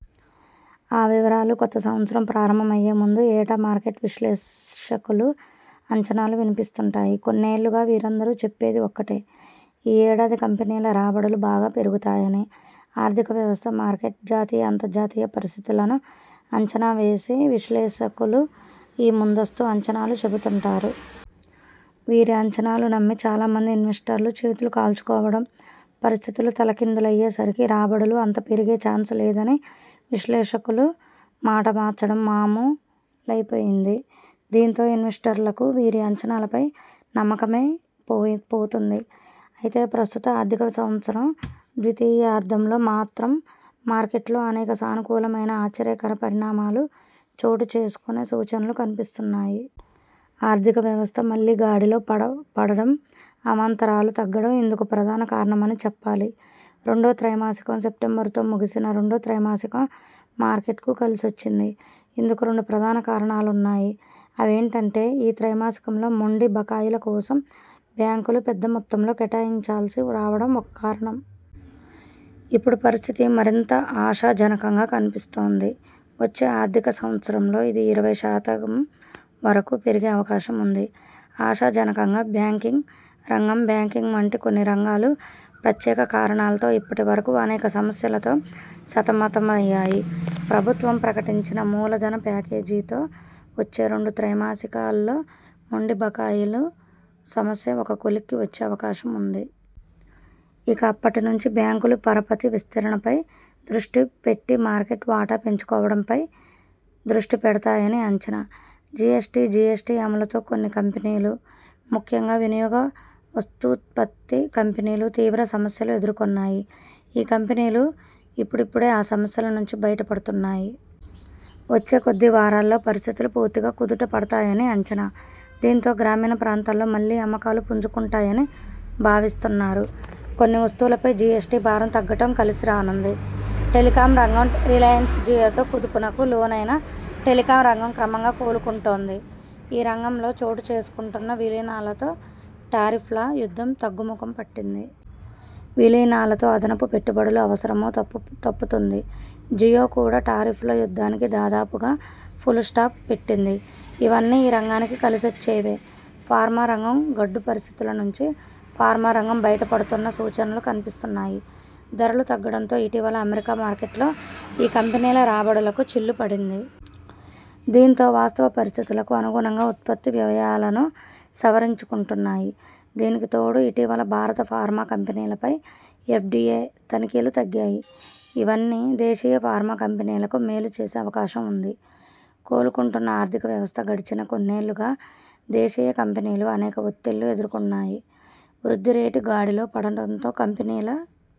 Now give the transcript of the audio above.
ఆ వివరాలు కొత్త సంవత్సరం ప్రారంభమయ్యే ముందు ఏటా మార్కెట్ విశ్లేషకులు అంచనాలు వినిపిస్తుంటాయి. కొన్నేళ్లుగా వీరందరూ చెప్పేది ఒక్కటే ఈ ఏడాది కంపెనీల రాబడులు బాగా పెరుగుతాయని. ఆర్థిక వ్యవస్థ, మార్కెట్, జాతీయ అంతర్జాతీయ పరిస్థితులను అంచనా వేసి విశ్లేషకులు ఈ ముందస్తు అంచనాలు చెబుతుంటారు. వీరి అంచనాలు నమ్మి చాలా మంది ఇన్వెస్టర్లు చేతులు కాల్చుకోవడం, పరిస్థితులు తలకిందులయ్యే సరికి రాబడులు అంత పెరిగే చాన్స్ లేదని విశ్లేషకులు మాట మార్చడం మామూ లైపోయింది. దీంతో ఇన్వెస్టర్లకు వీరి అంచనాలపై నమ్మకమే పోతుంది. అయితే ప్రస్తుత ఆర్థిక సంవత్సరం ద్వితీయార్ధంలో మాత్రం మార్కెట్లో అనేక సానుకూలమైన ఆశ్చర్యకర పరిణామాలు చోటు చేసుకునే సూచనలు కనిపిస్తున్నాయి. ఆర్థిక వ్యవస్థ మళ్లీ గాడిలో పడ పడడం, అవాంతరాలు తగ్గడం ఇందుకు ప్రధాన కారణమని చెప్పాలి. రెండో త్రైమాసికం సెప్టెంబరుతో ముగిసిన రెండో త్రైమాసికం మార్కెట్కు కలిసొచ్చింది. ఇందుకు రెండు ప్రధాన కారణాలున్నాయి. అవేంటంటే ఈ త్రైమాసికంలో మొండి బకాయిల కోసం బ్యాంకులు పెద్ద మొత్తంలో కేటాయించాల్సి రావడం ఒక కారణం. ఇప్పుడు పరిస్థితి మరింత ఆశాజనకంగా కనిపిస్తోంది. వచ్చే ఆర్థిక సంవత్సరంలో ఇది ఇరవై శాతం వరకు పెరిగే అవకాశం ఉంది. ఆశాజనకంగా బ్యాంకింగ్ రంగం బ్యాంకింగ్ వంటి కొన్ని రంగాలు ప్రత్యేక కారణాలతో ఇప్పటి వరకు అనేక సమస్యలతో సతమతమయ్యాయి. ప్రభుత్వం ప్రకటించిన మూల ధన ప్యాకేజితో వచ్చే రెండు త్రైమాసికా ల్లో మొండి బకాయుల సమస్య ఒక కొలిక్కి వచ్చే అవకాశం ఉంది. ఇక అప్పటి నుంచి బ్యాంకులు పరపతి విస్తరణపై దృష్టి పెట్టి మార్కెట్ వాటా పెంచుకోవడంపై దృష్టి పెడతాయని అంచనా. జీఎస్టీ జీఎస్టీ అమలుతో కొన్ని కంపెనీలు, ముఖ్యంగా వినియోగ వస్తూత్పత్తి కంపెనీలు, తీవ్ర సమస్యలు ఎదుర్కొన్నాయి. ఈ కంపెనీలు ఇపుడిపుడే ఆ సమస్యల నుంచి బయట పడుతున్నాయి. వచ్చే కొద్ది వారాల్లో పరిస్థితులు పూర్తిగా కుదుట పడతాయని అంచనా. దీంతో గ్రామీణ ప్రాంతాల్లో మళ్లీ అమ్మకాలు పుంజుకుంటాయని భావిస్తున్నారు. కొన్ని వస్తువులపై జిఎ్సటి భారం తగ్గడం కలిసి రానుంది. టెలికాం రంగం రిలయన్స్ జియోతో కుదుపునకు లోనైన టెలికాం రంగం క్రమంగా కోలుకుంటోంది. ఈ రంగంలో చోటు చేసుకుంటున్న విలీనాలతో టారిఫ్ల యుద్ధం తగ్గుముఖం పట్టింది. విలీనాలతో అదనపు పెట్టుబడుల అవసరమూ తప్పు తప్పుతుంది. జియో కూడా టారిఫ్ ల యుద్ధానికి దాదాపుగా ఫుల్ స్టాప్ పెట్టింది. ఇవన్నీ ఈ రంగానికి కలిసొచ్చేవే. ఫార్మా రంగం గడ్డు పరిస్థితుల నుంచి ఫార్మా రంగం బయట పడుతున్న సూచనలు కనిపిస్తున్నాయి. ధరలు తగ్గడంతో ఇటీవల అమెరికా మార్కెట్లో ఈ కంపెనీల రాబడులకు చిల్లు పడింది. దీంతో వాస్తవ పరిస్థితులకు అనుగుణంగా ఉత్పత్తి వ్యయాలనూ సవరించుకుంటున్నాయి. దీనికి తోడు ఇటీవల భారత ఫార్మా కంపెనీలపై ఎఫ్డిఎ తనిఖీలు తగ్గాయి. ఇవన్నీ దేశీయ ఫార్మా కంపెనీలకు మేలు చేసే అవకాశం ఉంది. కోలుకుంటున్న ఆర్థిక వ్యవస్థ గడచిన కొన్నేళ్లుగా దేశీయ కంపెనీలు అనేక ఒత్తిళ్లు ఎదుర్కొన్నాయి. వృద్ధి రేటు గాడిలో పడడంతో కంపెనీల